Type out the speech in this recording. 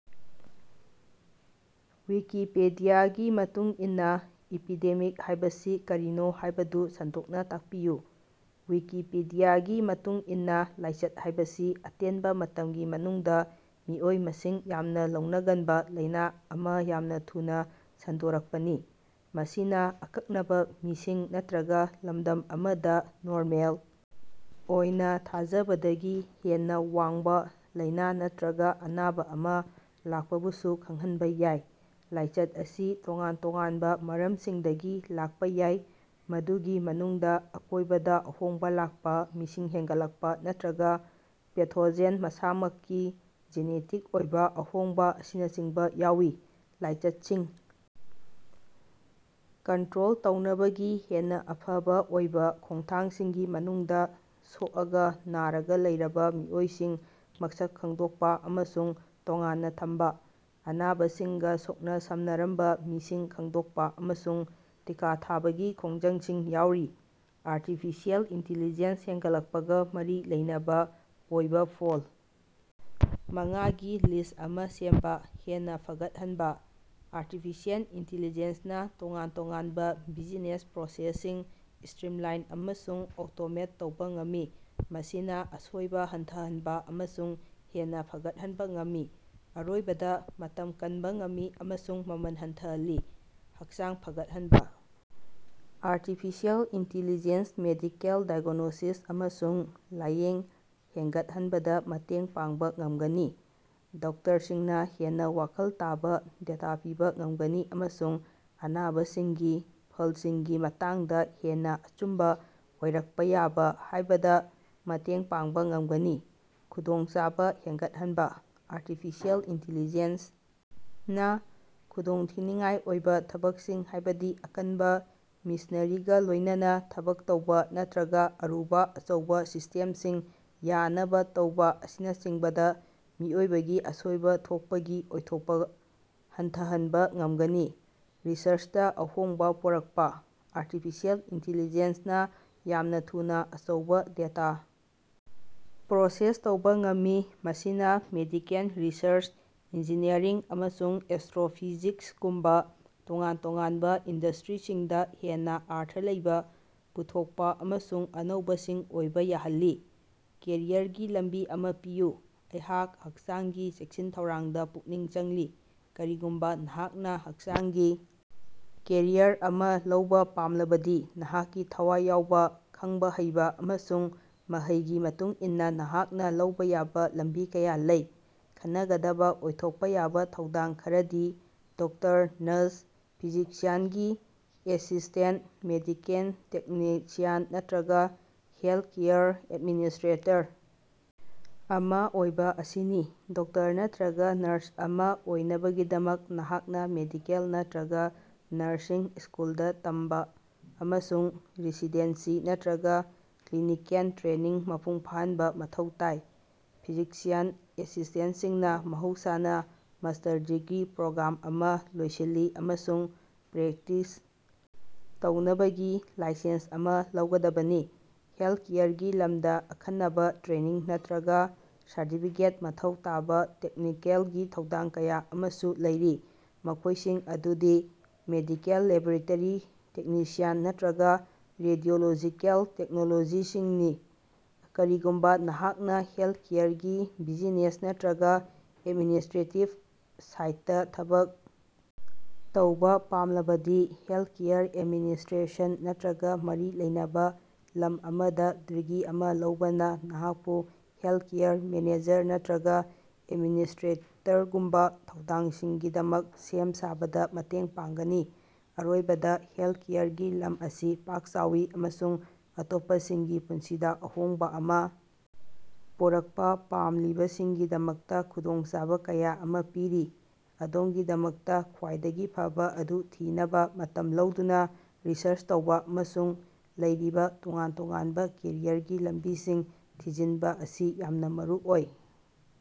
ꯋꯤꯀꯤꯄꯤꯗꯤꯌꯥꯒꯤ ꯃꯇꯨꯡ ꯏꯟꯅ "ꯏꯄꯤꯗꯦꯃꯤꯛ" ꯍꯥꯏꯕꯁꯤ ꯀꯔꯤꯅꯣ ꯍꯥꯌꯕꯗꯨ ꯁꯟꯗꯣꯛꯅꯥ ꯇꯥꯛꯄꯤꯌꯨ꯫ ꯋꯤꯀꯤꯄꯤꯗꯤꯌꯥꯒꯤ ꯃꯇꯨꯡ ꯏꯟꯅ ꯂꯥꯏꯆꯠ ꯍꯥꯢꯕꯁꯤ ꯑꯇꯦꯟꯕ ꯃꯇꯝꯒꯤ ꯃꯅꯨꯡꯗ ꯃꯤꯑꯣꯏ ꯃꯁꯤꯡ ꯌꯥꯝꯅ ꯂꯧꯅꯒꯟꯕ ꯂꯥꯢꯅ ꯑꯃ ꯌꯥꯝꯅ ꯊꯨꯅꯥ ꯁꯟꯗꯣꯔꯛꯄꯅꯤ꯫ ꯃꯁꯤꯅ ꯑꯀꯛꯅꯕ ꯃꯤꯁꯤꯡ ꯅꯠꯇ꯭ꯔꯒ ꯂꯝꯗꯝ ꯑꯃꯗ ꯅꯣꯔꯃꯦꯜ ꯑꯣꯏꯅ ꯊꯥꯖꯕꯗꯒꯤ ꯍꯦꯟꯅ ꯋꯥꯡꯕ ꯂꯥꯢꯅ ꯅꯠꯇ꯭ꯔꯒ ꯑꯅꯥꯕ ꯑꯃ ꯂꯥꯛꯄꯕꯨꯁꯨ ꯈꯪꯍꯟꯕ ꯌꯥꯏ꯫ ꯂꯥꯏꯆꯠ ꯑꯁꯤ ꯇꯣꯉꯥꯟ-ꯇꯣꯉꯥꯟꯕ ꯃꯔꯝꯁꯤꯡꯗꯒꯤ ꯂꯥꯛꯄꯥ ꯌꯥꯏ ꯃꯗꯨꯒꯤ ꯃꯅꯨꯡꯗ ꯑꯀꯣꯏꯕꯗ ꯑꯍꯣꯡꯕꯥ ꯂꯥꯛꯄ ꯃꯤꯁꯤꯡ ꯍꯦꯟꯒꯠꯂꯛꯄ ꯅꯠꯇ꯭ꯔꯒ ꯄꯦꯊꯣꯖꯦꯟ ꯃꯁꯥꯃꯛꯀꯤ ꯖꯤꯅꯦꯇꯤꯛ ꯑꯣꯏꯕ ꯑꯍꯣꯡꯕ ꯑꯁꯤꯅꯆꯤꯡꯕ ꯌꯥꯎꯏ꯫ ꯂꯥꯏꯆꯠꯁꯤꯡ ꯀꯟꯇ꯭ꯔꯣꯜ ꯇꯧꯅꯕꯒꯤ ꯍꯦꯟꯅ ꯑꯐꯕ ꯑꯣꯏꯕ ꯈꯣꯡꯊꯥꯡꯁꯤꯡꯒꯤ ꯃꯅꯨꯡꯗ ꯁꯣꯛꯑꯒ ꯅꯔꯒ ꯂꯩꯔꯕ ꯃꯤꯑꯣꯏꯁꯤꯡ ꯃꯁꯛ ꯈꯪꯗꯣꯛꯄ ꯑꯃꯁꯨꯡ ꯇꯣꯉꯥꯟꯅ ꯊꯝꯕ, ꯑꯅꯥꯕꯁꯤꯡꯒ ꯁꯣꯛꯅ ꯁꯝꯅꯔꯝꯕ ꯃꯤꯁꯤꯡ ꯈꯪꯗꯣꯛꯄ ꯑꯃꯁꯨꯡ ꯇꯤꯀꯥ ꯊꯥꯕꯒꯤ ꯈꯣꯡꯖꯪꯁꯤꯡ ꯌꯥꯎꯔꯤ꯫ ꯑꯥꯔꯇꯤꯐꯤꯁꯤꯑꯦꯜ ꯏꯟꯇꯤꯂꯤꯖꯦꯟꯁ ꯍꯦꯟꯒꯠꯂꯛꯄꯒ ꯃꯔꯤ ꯂꯩꯅꯕ ꯑꯣꯏꯕꯥ ꯐꯜ ꯃꯉꯥꯒꯤ ꯂꯤꯁ꯭ꯠ ꯑꯃꯥ ꯁꯦꯝꯕꯥ꯫ ꯍꯦꯟꯅ ꯐꯒꯠꯍꯟꯕꯥ: ꯑꯥꯔꯇꯤꯐꯤꯁꯤꯑꯦꯜ ꯏꯟꯇꯤꯂꯤꯖꯦꯟꯁꯅ ꯇꯣꯉꯥꯟ ꯇꯣꯉꯥꯟꯕ ꯕꯤꯖꯤꯅꯦꯁ ꯄ꯭ꯔꯣꯁꯦꯁꯁꯤꯡ ꯁꯇ꯭ꯔꯤꯝꯂꯥꯏꯟ ꯑꯃꯁꯨꯡ ꯑꯣꯇꯣꯃꯦꯠ ꯇꯧꯕꯥ ꯉꯝꯃꯤ ꯃꯁꯤꯅ ꯑꯁꯣꯏꯕ ꯍꯟꯊꯍꯟꯕ ꯑꯃꯁꯨꯡ ꯍꯦꯟꯅ ꯐꯒꯠꯍꯟꯕ ꯉꯝꯃꯤ ꯑꯔꯣꯏꯕꯗ ꯃꯇꯝ ꯀꯟꯕ ꯉꯝꯃꯤ ꯑꯃꯁꯨꯡ ꯃꯃꯜ ꯍꯟꯊꯍꯜꯂꯤ꯫ ꯍꯛꯆꯥꯡ ꯐꯒꯠꯍꯟꯕꯥ: ꯑꯥꯔꯇꯤꯐꯤꯁꯤꯑꯦꯜ ꯏꯟꯇꯤꯂꯤꯖꯦꯟꯁ ꯃꯦꯗꯤꯀꯦꯜ ꯗꯥꯏꯒ꯭ꯅꯣꯁꯤꯁ ꯑꯃꯁꯨꯡ ꯂꯥꯌꯦꯡ ꯍꯦꯟꯒꯠꯍꯟꯕꯗ ꯃꯇꯦꯡ ꯄꯥꯡꯕ ꯉꯝꯒꯅꯤ ꯗꯣꯛꯇꯔꯁꯤꯡꯗ ꯍꯦꯟꯅ ꯋꯥꯈꯜ ꯇꯥꯕ ꯗꯦꯇꯥ ꯄꯤꯕꯥ ꯉꯝꯒꯅꯤ ꯑꯃꯁꯨꯡ ꯑꯅꯥꯕꯁꯤꯡꯒꯤ ꯐꯜꯁꯤꯡꯒꯤ ꯃꯇꯥꯡꯗ ꯍꯦꯟꯅ ꯑꯆꯨꯝꯕ ꯑꯣꯏꯔꯛꯄ ꯌꯥꯕ ꯍꯥꯏꯕꯗ ꯃꯇꯦꯡ ꯄꯥꯡꯕ ꯉꯝꯒꯅꯤ꯫ ꯈꯨꯗꯣꯡꯆꯥꯕ ꯍꯦꯟꯒꯠꯍꯟꯕ: ꯑꯥꯔꯇꯤꯐꯤꯁꯤꯑꯦꯜ ꯏꯟꯇꯤꯂꯤꯖꯦꯟꯁ ꯅ ꯈꯨꯗꯣꯡꯊꯤꯅꯤꯡꯉꯥꯏ ꯑꯣꯏꯕ ꯊꯕꯛꯁꯤꯡ ꯍꯥꯢꯕꯗꯤ ꯑꯀꯟꯕ ꯃꯦꯁꯤꯅꯔꯤꯒ ꯂꯣꯢꯅꯅ ꯊꯕꯛ ꯇꯧꯕ ꯅꯠꯇ꯭ꯔꯒ ꯑꯔꯨꯕ ꯑꯆꯧꯕꯥ ꯁꯤꯁꯇꯦꯝꯁꯤꯡ ꯌꯥꯅꯕ ꯇꯧꯕ ꯑꯁꯤꯅꯆꯤꯡꯕꯗ ꯃꯤꯑꯣꯏꯕꯒꯤ ꯑꯁꯣꯏꯕ ꯊꯣꯛꯄꯒꯤ ꯑꯣꯏꯊꯣꯛꯄ ꯍꯟꯊꯍꯟꯕ ꯉꯝꯒꯅꯤ꯫ ꯔꯤꯁꯔꯆꯇꯥ ꯑꯍꯣꯡꯕꯥ ꯄꯨꯔꯛꯄꯥ: ꯑꯥꯔꯇꯤꯐꯤꯁꯤꯑꯦꯜ ꯏꯟꯇꯤꯂꯤꯖꯦꯟꯁ ꯅꯥ ꯌꯥꯝꯅ ꯊꯨꯅꯥ ꯑꯆꯧꯕꯥ ꯗꯦꯇꯥ ꯄ꯭ꯔꯣꯁꯦꯁ ꯇꯧꯕꯥ ꯉꯝꯃꯤ ꯃꯁꯤꯅ ꯃꯦꯗꯤꯀꯦꯜ ꯔꯤꯁꯔꯆ, ꯏꯟꯖꯤꯅꯤꯌꯔꯤꯡ ꯑꯃꯁꯨꯡ ꯑꯦꯁꯇ꯭ꯔꯣꯐꯤꯖꯤꯛꯁꯒꯨꯝꯕꯥ ꯇꯣꯉꯥꯟ ꯇꯣꯉꯥꯟꯕ ꯏꯟꯗꯁꯇ꯭ꯔꯤꯁꯤꯡꯗ ꯍꯦꯟꯅ ꯑꯔꯊ ꯂꯩꯕ ꯄꯨꯊꯣꯛꯄ ꯑꯃꯁꯨꯡ ꯑꯅꯧꯕꯁꯤꯡ ꯑꯣꯏꯕ ꯌꯥꯍꯜꯂꯤ꯫ ꯀꯦꯔꯤꯌꯔꯒꯤ ꯂꯝꯕꯤ ꯑꯃꯥ ꯄꯤꯌꯨ꯫ ꯑꯩꯍꯥꯛ ꯍꯛꯆꯥꯡꯒꯤ ꯆꯦꯛꯁꯤꯟ ꯊꯧꯔꯥꯡꯗ ꯄꯨꯛꯅꯤꯡ ꯆꯪꯂꯤ꯫ ꯀꯔꯤꯒꯨꯝꯕꯥ ꯅꯍꯥꯛꯅ ꯍꯛꯆꯥꯡꯒꯤ ꯀꯦꯔꯤꯌꯔ ꯑꯃ ꯂꯧꯕꯥ ꯄꯥꯝꯂꯕꯗꯤ ꯅꯍꯥꯛꯀꯤ ꯊꯋꯥꯏ ꯌꯥꯎꯕ, ꯈꯪꯕ ꯍꯩꯕ ꯑꯃꯁꯨꯡ ꯃꯍꯩꯒꯤ ꯃꯇꯨꯡ ꯏꯟꯅ ꯅꯍꯥꯛꯅ ꯂꯧꯕ ꯌꯥꯕ ꯂꯝꯕꯤ ꯀꯌꯥ ꯂꯩ꯫ ꯈꯟꯅꯒꯗꯕ ꯑꯣꯏꯊꯣꯛꯄ ꯌꯥꯕ ꯊꯧꯗꯥꯡ ꯈꯔꯗꯤ ꯗꯣꯛꯇꯔ, ꯅꯔꯁ, ꯐꯤꯖꯤꯁꯤꯌꯥꯟꯒꯤ ꯑꯦꯁꯤꯁ꯭ꯇꯦꯟꯇ, ꯃꯦꯗꯤꯀꯦꯜ ꯇꯦꯛꯅꯤꯁꯤꯌꯟ ꯅꯠꯇ꯭ꯔꯒ ꯍꯦꯂꯊꯀꯦꯌꯔ ꯑꯦꯗꯃꯤꯅꯤꯁ꯭ꯠꯔꯦꯇꯔ ꯑꯃ ꯑꯣꯏꯕ ꯑꯁꯤꯅꯤ꯫ ꯗꯣꯛꯇꯔ ꯅꯠꯇ꯭ꯔꯒ ꯅꯔꯁ ꯑꯃ ꯑꯣꯏꯅꯕꯒꯤꯗꯃꯛ ꯅꯍꯥꯛꯅ ꯃꯦꯗꯤꯀꯦꯜ ꯅꯠꯇ꯭ꯔꯒ ꯅꯔꯁꯤꯡ ꯁ꯭ꯀꯨꯜꯗ ꯇꯝꯕ ꯑꯃꯁꯨꯡ ꯔꯦꯁꯤꯗꯦꯟꯁꯤ ꯅꯠꯇ꯭ꯔꯒ ꯀ꯭ꯂꯤꯅꯤꯀꯦꯜ ꯇ꯭ꯔꯦꯅꯤꯡ ꯃꯄꯨꯡ ꯐꯥꯍꯟꯕ ꯃꯊꯧ ꯇꯥꯏ꯫ ꯐꯤꯖꯤꯁꯤꯌꯟ ꯑꯦꯁꯤꯁ꯭ꯇꯦꯟꯇꯁꯤꯡꯅ ꯃꯍꯧꯁꯥꯅ ꯃꯥꯁꯇꯔ ꯗꯤꯒ꯭ꯔꯤ ꯄ꯭ꯔꯣꯒ꯭ꯔꯥꯝ ꯑꯃ ꯂꯣꯏꯁꯤꯜꯂꯤ ꯑꯃꯁꯨꯡ ꯄ꯭ꯔꯦꯛꯇꯤꯁ ꯇꯧꯅꯕꯒꯤ ꯂꯥꯏꯁꯦꯟꯁ ꯑꯃꯥ ꯂꯧꯒꯗꯕꯅꯤ꯫ ꯍꯦꯜꯊꯀꯦꯌꯔꯒꯤ ꯂꯝꯗ ꯑꯈꯟꯅꯕ ꯇ꯭ꯔꯦꯅꯤꯡ ꯅꯠꯇ꯭ꯔꯒꯥ ꯁꯔꯇꯤꯐꯤꯀꯦꯠ ꯃꯊꯧ ꯇꯥꯕꯥ ꯇꯦꯛꯅꯤꯀꯦꯜꯒꯤ ꯊꯧꯗꯥꯡ ꯀꯌꯥ ꯑꯃꯁꯨ ꯂꯩꯔꯤ ꯃꯈꯣꯢꯁꯤꯡ ꯑꯗꯨꯗꯤ ꯃꯦꯗꯤꯀꯦꯜ ꯂꯦꯕꯣꯔꯦꯇꯔꯤ ꯇꯦꯛꯅꯤꯁꯤꯌꯟꯁꯤꯡ ꯅꯠꯇ꯭ꯔꯒꯥ ꯔꯦꯗꯤꯑꯣꯂꯣꯖꯤꯀꯦꯜ ꯇꯦꯛꯅꯣꯂꯣꯖꯤꯁꯁꯤꯡꯅꯤ꯫ ꯀꯔꯤꯒꯨꯝꯕꯥ ꯅꯍꯥꯛꯅ ꯍꯦꯜꯊꯀꯦꯌꯔꯒꯤ ꯕꯤꯖꯤꯅꯦꯁ ꯅꯠꯇ꯭ꯔꯒꯥ ꯑꯦꯗꯃꯤꯅꯤꯁꯇ꯭ꯔꯦꯇꯤꯕ ꯁꯥꯏꯗꯇꯥ ꯊꯕꯛ ꯇꯧꯕꯥ ꯄꯥꯝꯂꯕꯗꯤ ꯍꯦꯜꯊꯀꯦꯌꯔ ꯑꯦꯗꯃꯤꯅꯤꯁꯇ꯭ꯔꯦꯁꯟ ꯅꯠꯇ꯭ꯔꯒ ꯃꯔꯤ ꯂꯩꯅꯕ ꯂꯝ ꯑꯃꯗ ꯗꯤꯒ꯭ꯔꯤ ꯑꯃꯥ ꯂꯧꯕꯅ ꯅꯍꯥꯛꯄꯨ ꯍꯦꯜꯊꯀꯦꯌꯔ ꯃꯦꯅꯦꯖꯔ ꯅꯠꯇ꯭ꯔꯒꯥ ꯑꯦꯗꯃꯤꯅꯤꯁꯇ꯭ꯔꯦꯇꯔꯒꯨꯝꯕ ꯊꯧꯗꯥꯡꯁꯤꯡꯒꯤꯗꯃꯛ ꯁꯦꯝ ꯁꯥꯕꯗ ꯃꯇꯦꯡ ꯄꯥꯡꯒꯅꯤ꯫ ꯑꯔꯣꯏꯕꯗ ꯍꯦꯜꯊꯀꯦꯌꯔꯒꯤ ꯂꯝ ꯑꯁꯤ ꯄꯥꯛ ꯆꯥꯎꯏ ꯑꯃꯁꯨꯡ ꯑꯇꯣꯞꯄꯁꯤꯡꯒꯤ ꯄꯨꯟꯁꯤꯗ ꯑꯍꯣꯡꯕ ꯑꯃ ꯄꯨꯔꯛꯄ ꯄꯥꯝꯂꯤꯕꯁꯤꯡꯒꯤꯗꯃꯛꯇ ꯈꯨꯗꯣꯡꯆꯥꯕ ꯀꯌꯥ ꯑꯃ ꯄꯤꯔꯤ꯫ ꯑꯗꯣꯝꯒꯤꯗꯃꯛꯇ ꯈ꯭ꯋꯥꯏꯗꯒꯤ ꯐꯕꯥ ꯑꯗꯨ ꯊꯤꯅꯕ ꯃꯇꯝ ꯂꯧꯗꯨꯅꯥ ꯔꯤꯁꯔꯆ ꯇꯧꯕꯥ ꯑꯃꯁꯨꯡ ꯂꯩꯔꯤꯕꯥ ꯇꯣꯉꯥꯟ ꯇꯣꯉꯥꯟꯕ ꯀꯦꯔꯤꯌꯔꯒꯤ ꯂꯝꯕꯤꯁꯤꯡ ꯊꯤꯖꯤꯟꯕ ꯑꯁꯤ ꯌꯥꯝꯅ ꯃꯔꯨꯑꯣꯏ꯫